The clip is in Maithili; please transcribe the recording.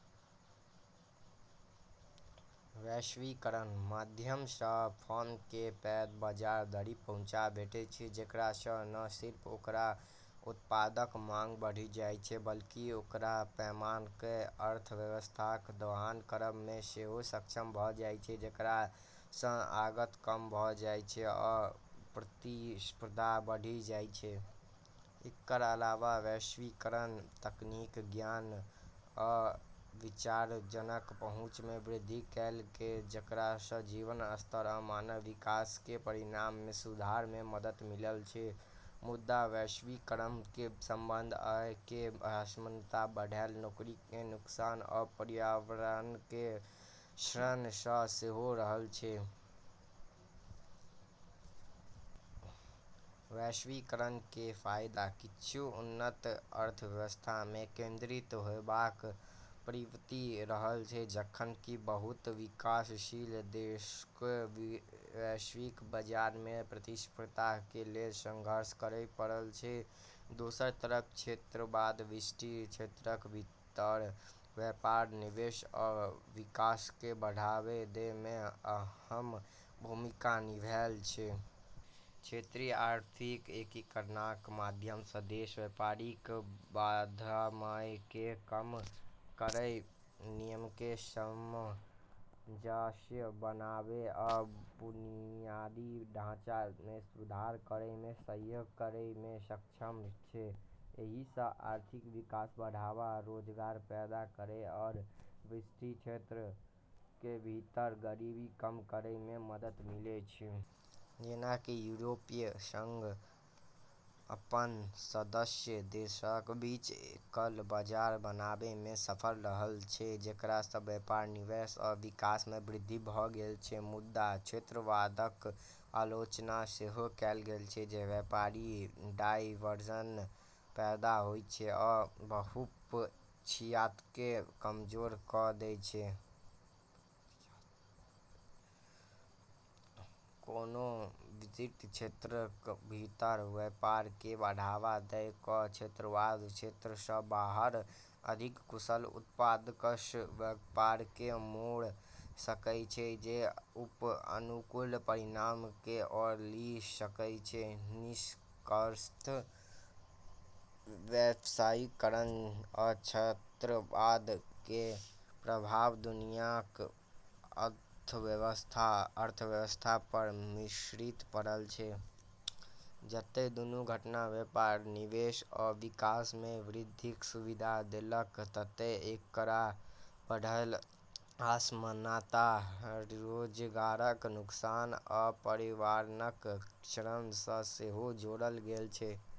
वैश्वीकरणक माध्यम सं फर्मकें पैघ बाजार धरि पहुँच भेटै छै, जेकरा सं न सिर्फ ओकर उत्पादक मांग बढ़ि जाइ छै बल्कि ओकरा पैमाना केर अर्थव्यवस्थाक दोहन करब मे सेहो सक्षम भऽ जाइ छै, जेकरा सं लागत कम भऽ जाइ छै आ प्रतिस्पर्धा बढ़ि जाइ छै। एकर अलावा वैश्वीकरण तकनीक, ज्ञान आ विचारजनक पहुँच मे वृद्धि कएलकै, जेकरा सं जीवन स्तर आ मानव विकास केर परिणाम मे सुधार मे मदद मिलल छै। मुदा वैश्वीकरण केर संबंध आय केर असमानता बढ़ला, नौकरीक नुकसान, आ पर्यावरणक क्षरण सं सेहो रहल छै। वैश्वीकरण केर फायदा किछु उन्नत अर्थव्यवस्था मे केंद्रित होयबाक प्रवृत्ति रहल छै, जखन कि बहुत विकासशील देशकें वैश्विक बाजार मे प्रतिस्पर्धा करै लेल संघर्ष करय पड़ल छै। दोसर तरफ क्षेत्रवाद विशिष्ट क्षेत्रक भीतर व्यापार, निवेश, आ विकासकें बढ़ावा दै मे अहम् भूमिका निभैलनए छै। क्षेत्रीय आर्थिक एकीकरणक माध्यम सं देश व्यापारिक बाधामय कें कम करय, नियमकें सामंजस्य बनावा, आ बुनियादी ढाँचा मे सुधार करय मे सहयोग करय मे सक्षम छै। एहि सं आर्थिक विकास बढ़ाबय, रोजगार पैदा करय आओर विशिष्ट क्षेत्रक भीतर गरीबी कम करय मे मदद मिलल अछि। जेना कि यूरोपीय संघ (ईयू) अपन सदस्य देशक बीच एकल बाजार बनाबै मे सफल रहल छै, जेकरा स व्यापार, निवेश आ विकास मे वृद्धि भऽ गेल छै। मुदा क्षेत्रवादक आलोचना सेहो कएल गेल छै जे व्यापार डायवर्सन पैदा होइ छै आ बहुपक्षीयताकें कमजोर कऽ दै छै। कोनो विशिष्ट क्षेत्रक भीतर व्यापारकें बढ़ावा दय कऽ क्षेत्रवाद क्षेत्र सं बाहर अधिक कुशल उत्पादकस व्यापारकें मोड़ सकय छै जे उप-अनुकूल परिणामकें ओर लेि सकय छै। निष्कर्षतः वैश्वीकरण आ क्षेत्रवाद केर प्रभाव दुनियाक अर्थव्यवस्था पर मिश्रित पड़ल छै। जतय दूनू घटना व्यापार, निवेश आ विकास मे वृद्धिक सुविधा देलकै, ततय एकरा बढ़ल असमानता, रोजगारक नुकसान, आ पर्यावरणक क्षरण सं सेहो जोड़ल गेल छै।